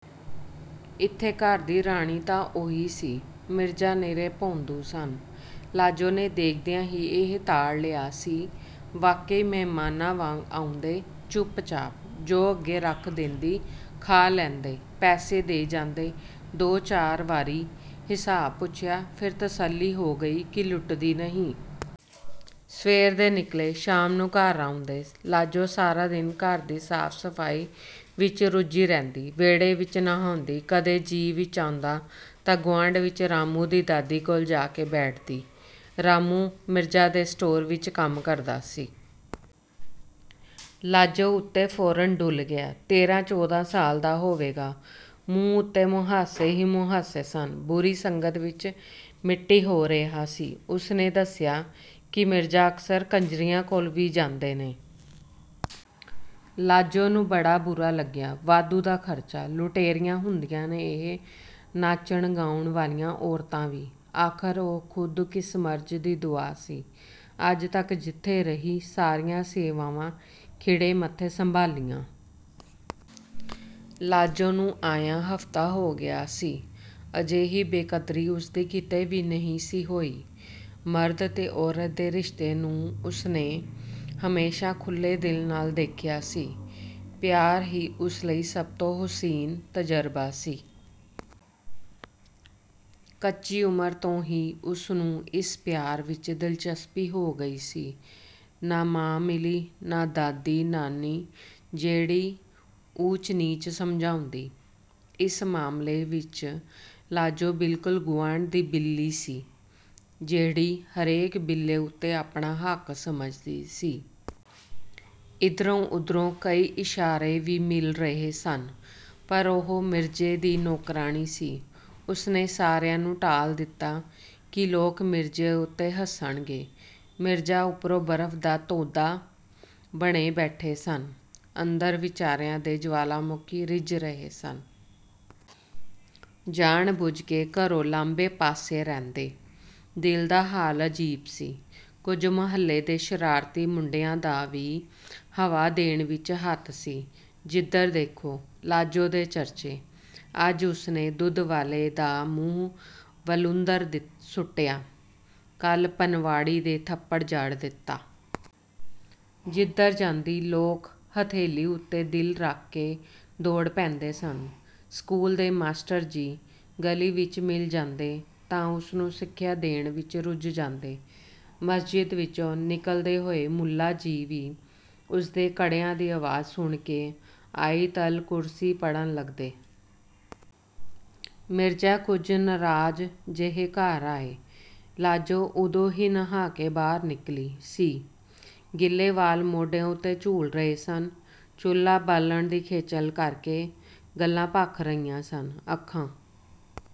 ਇੱਥੇ ਘਰ ਦੀ ਰਾਣੀ ਤਾਂ ਉਹੀ ਸੀ। ਮਿਰਜਾ ਨਿਰੇ ਭੌਂਦੂ ਸਨ—ਲਾਜੋ ਨੇ ਦੇਖਦਿਆਂ ਹੀ ਇਹ ਤਾੜ ਲਿਆ ਸੀ। ਵਾਕਈ ਮਹਿਮਾਨਾਂ ਵਾਂਗ ਆਉਂਦੇ—ਚੁੱਪਚਾਪ। ਜੋ ਅੱਗੇ ਰੱਖ ਦੇਂਦੀ, ਖਾ ਲੈਂਦੇ। ਪੈਸੇ ਦੇ ਜਾਂਦੇ। ਦੋ-ਚਾਰ ਵਾਰੀ ਹਿਸਾਬ ਪੁੱਛਿਆ, ਫਿਰ ਤਸੱਲੀ ਹੋ ਗਈ ਕਿ ਲੁੱਟਦੀ ਨਹੀਂ। ਸਵੇਰ ਦੇ ਨਿਕਲੇ, ਸ਼ਾਮ ਨੂੰ ਘਰ ਆਉਂਦੇ। ਲਾਜੋ ਸਾਰਾ ਦਿਨ ਘਰ ਦੀ ਸਾਫ਼-ਸਫ਼ਾਈ ਵਿੱਚ ਰੁੱਝੀ ਰਹਿੰਦੀ। ਵਿਹੜੇ ਵਿੱਚ ਨਹਾਉਂਦੀ। ਕਦੇ ਜੀਅ ਵਿੱਚ ਆਉਂਦਾ ਤਾਂ ਗੁਆਂਢ ਵਿੱਚ ਰਾਮੂ ਦੀ ਦਾਦੀ ਕੋਲ ਜਾ ਬੈਠਦੀ। ਰਾਮੂ ਮਿਰਜਾ ਦੇ ਸਟੋਰ ਵਿੱਚ ਕੰਮ ਕਰਦਾ ਸੀ। ਲਾਜੋ ਉੱਤੇ ਫੌਰਨ ਡੁੱਲ੍ਹ ਗਿਆ। ਤੇਰਾਂ-ਚੌਦਾਂ ਸਾਲ ਦਾ ਹੋਵੇਗਾ। ਮੂੰਹ ਉੱਤੇ ਮੁਹਾਸੇ ਹੀ ਮੁਹਾਸੇ ਸਨ। ਬੁਰੀ ਸੰਗਤ ਵਿੱਚ ਮਿੱਟੀ ਹੋ ਰਿਹਾ ਸੀ। ਉਸੇ ਨੇ ਦੱਸਿਆ ਕਿ ਮਿਰਜਾ ਅਕਸਰ ਕੰਜਰੀਆਂ ਕੋਲ ਵੀ ਜਾਂਦੇ ਨੇ। ਲਾਜੋ ਨੂੰ ਬੜਾ ਬੁਰਾ ਲੱਗਿਆ। ਵਾਧੂ ਦਾ ਖਰਚਾ। ਲੁਟੇਰੀਆਂ ਹੁੰਦੀਆਂ ਨੇ ਇਹ ਨਾਚਣ-ਗਾਉਣ ਵਾਲੀਆਂ ਔਰਤਾਂ ਵੀ। ਆਖ਼ਰ ਉਹ ਖੁਦ ਕਿਸ ਮਰਜ਼ ਦੀ ਦੁਆ ਸੀ? ਅੱਜ ਤੱਕ ਜਿੱਥੇ ਰਹੀ, ਸਾਰੀਆਂ ਸੇਵਾਵਾਂ ਖਿੜੇ ਮੱਥੇ ਸੰਭਾਲੀਆਂ। ਲਾਜੋ ਨੂੰ ਆਇਆਂ ਹਫ਼ਤਾ ਹੋ ਗਿਆ ਸੀ। ਅਜਿਹੀ ਬੇਕਦਰੀ ਉਸਦੀ ਕਿਤੇ ਵੀ ਨਹੀਂ ਸੀ ਹੋਈ। ਮਰਦ ਤੇ ਔਰਤ ਦੇ ਰਿਸ਼ਤੇ ਨੂੰ ਉਸਨੇ ਹਮੇਸ਼ਾ ਖੁੱਲ੍ਹੇ ਦਿਲ ਨਾਲ ਦੇਖਿਆ ਸੀ। ਪਿਆਰ ਹੀ ਉਸ ਲਈ ਸਭ ਤੋਂ ਹੁਸੀਨ ਤਜ਼ਰਬਾ ਸੀ। ਕੱਚੀ ਉਮਰ ਤੋਂ ਹੀ ਉਸਨੂੰ ਇਸ ਪਿਆਰ ਵਿੱਚ ਦਿਲਚਸਪੀ ਹੋ ਗਈ ਸੀ। ਨਾ ਮਾਂ ਮਿਲੀ, ਨਾ ਦਾਦੀ-ਨਾਨੀ, ਜਿਹੜੀ ਊਚ-ਨੀਚ ਸਮਝਾਉਂਦੀ। ਇਸ ਮਾਮਲੇ ਵਿੱਚ ਲਾਜੋ ਬਿਲਕੁਲ ਗੁਆਂਢ ਦੀ ਬਿੱਲੀ ਸੀ, ਜਿਹੜੀ ਹਰੇਕ ਬਿੱਲੇ ਉੱਤੇ ਆਪਣਾ ਹੱਕ ਸਮਝਦੀ ਸੀ। ਇੱਧਰੋਂ-ਉੱਧਰੋਂ ਕਈ ਇਸ਼ਾਰੇ ਵੀ ਮਿਲ ਰਹੇ ਸਨ, ਪਰ ਉਹ ਮਿਰਜੇ ਦੀ ਨੌਕਰਾਣੀ ਸੀ। ਉਸਨੇ ਸਾਰਿਆਂ ਨੂੰ ਟਾਲ ਦਿੱਤਾ ਕਿ ਲੋਕ ਮਿਰਜੇ ਉੱਤੇ ਹੱਸਣਗੇ। ਮਿਰਜਾ ਉੱਪਰੋਂ ਬਰਫ਼ ਦਾ ਤੋਦਾ ਬਣੇ ਬੈਠੇ ਸਨ, ਅੰਦਰ ਵਿਚਾਰਿਆਂ ਦੇ ਜਵਾਲਾਮੁਖੀ ਰਿੱਝ ਰਹੇ ਸਨ। ਜਾਣ-ਬੁੱਝ ਕੇ ਘਰੋਂ ਲਾਂਭੇ-ਪਾਸੇ ਰਹਿੰਦੇ। ਦਿਲ ਦਾ ਹਾਲ ਅਜੀਬ ਸੀ। ਕੁਝ ਮੁਹੱਲੇ ਦੇ ਸ਼ਰਾਰਤੀ ਮੁੰਡਿਆਂ ਦਾ ਵੀ ਹਵਾ ਦੇਣ ਵਿੱਚ ਹੱਥ ਸੀ। ਜਿੱਧਰ ਦੇਖੋ, ਲਾਜੋ ਦੇ ਚਰਚੇ। ਅੱਜ ਉਸਨੇ ਦੁੱਧ ਵਾਲੇ ਦਾ ਮੂੰਹ ਵਲੂੰਧਰ ਸੁੱਟਿਆ, ਕੱਲ੍ਹ ਪਨਵਾੜੀ ਦੇ ਥੱਪੜ ਜੜ ਦਿੱਤਾ। ਜਿੱਧਰ ਜਾਂਦੀ, ਲੋਕ ਹਥੇਲੀ ਉੱਤੇ ਦਿਲ ਰੱਖ ਕੇ ਦੌੜ ਪੈਂਦੇ ਸਨ। ਸਕੂਲ ਦੇ ਮਾਸਟਰ ਜੀ ਗਲੀ ਵਿੱਚ ਮਿਲ ਜਾਂਦੇ ਤਾਂ ਉਸਨੂੰ ਸਿੱਖਿਆ ਦੇਣ ਵਿੱਚ ਰੁੱਝ ਜਾਂਦੇ। ਮਸਜਿਦ ਵਿੱਚੋਂ ਨਿਕਲਦੇ ਹੋਏ ਮੁੱਲਾ ਜੀ ਵੀ ਉਸਦੇ ਕੜਿਆਂ ਦੀ ਆਵਾਜ਼ ਸੁਣ ਕੇ ਆਇਤ-ਅਲ-ਕੁਰਸੀ ਪੜ੍ਹਨ ਲੱਗਦੇ। ਮਿਰਜਾ ਕੁਝ ਨਾਰਾਜ਼, ਜਿਹੇ ਘਰ ਆਏ। ਲਾਜੋ ਉਦੋਂ ਹੀ ਨਹਾ ਕੇ ਬਾਹਰ ਨਿਕਲੀ ਸੀ। ਗਿੱਲੇ ਵਾਲ ਮੋਢਿਆਂ ਉੱਤੇ ਝੂਲ ਰਹੇ ਸਨ। ਚੁੱਲ੍ਹਾ ਬਾਲਣ ਦੀ ਖੇਚਲ ਕਰਕੇ ਗੱਲ੍ਹਾਂ ਭਖ ਰਹੀਆਂ ਸਨ, ਅੱਖਾਂ...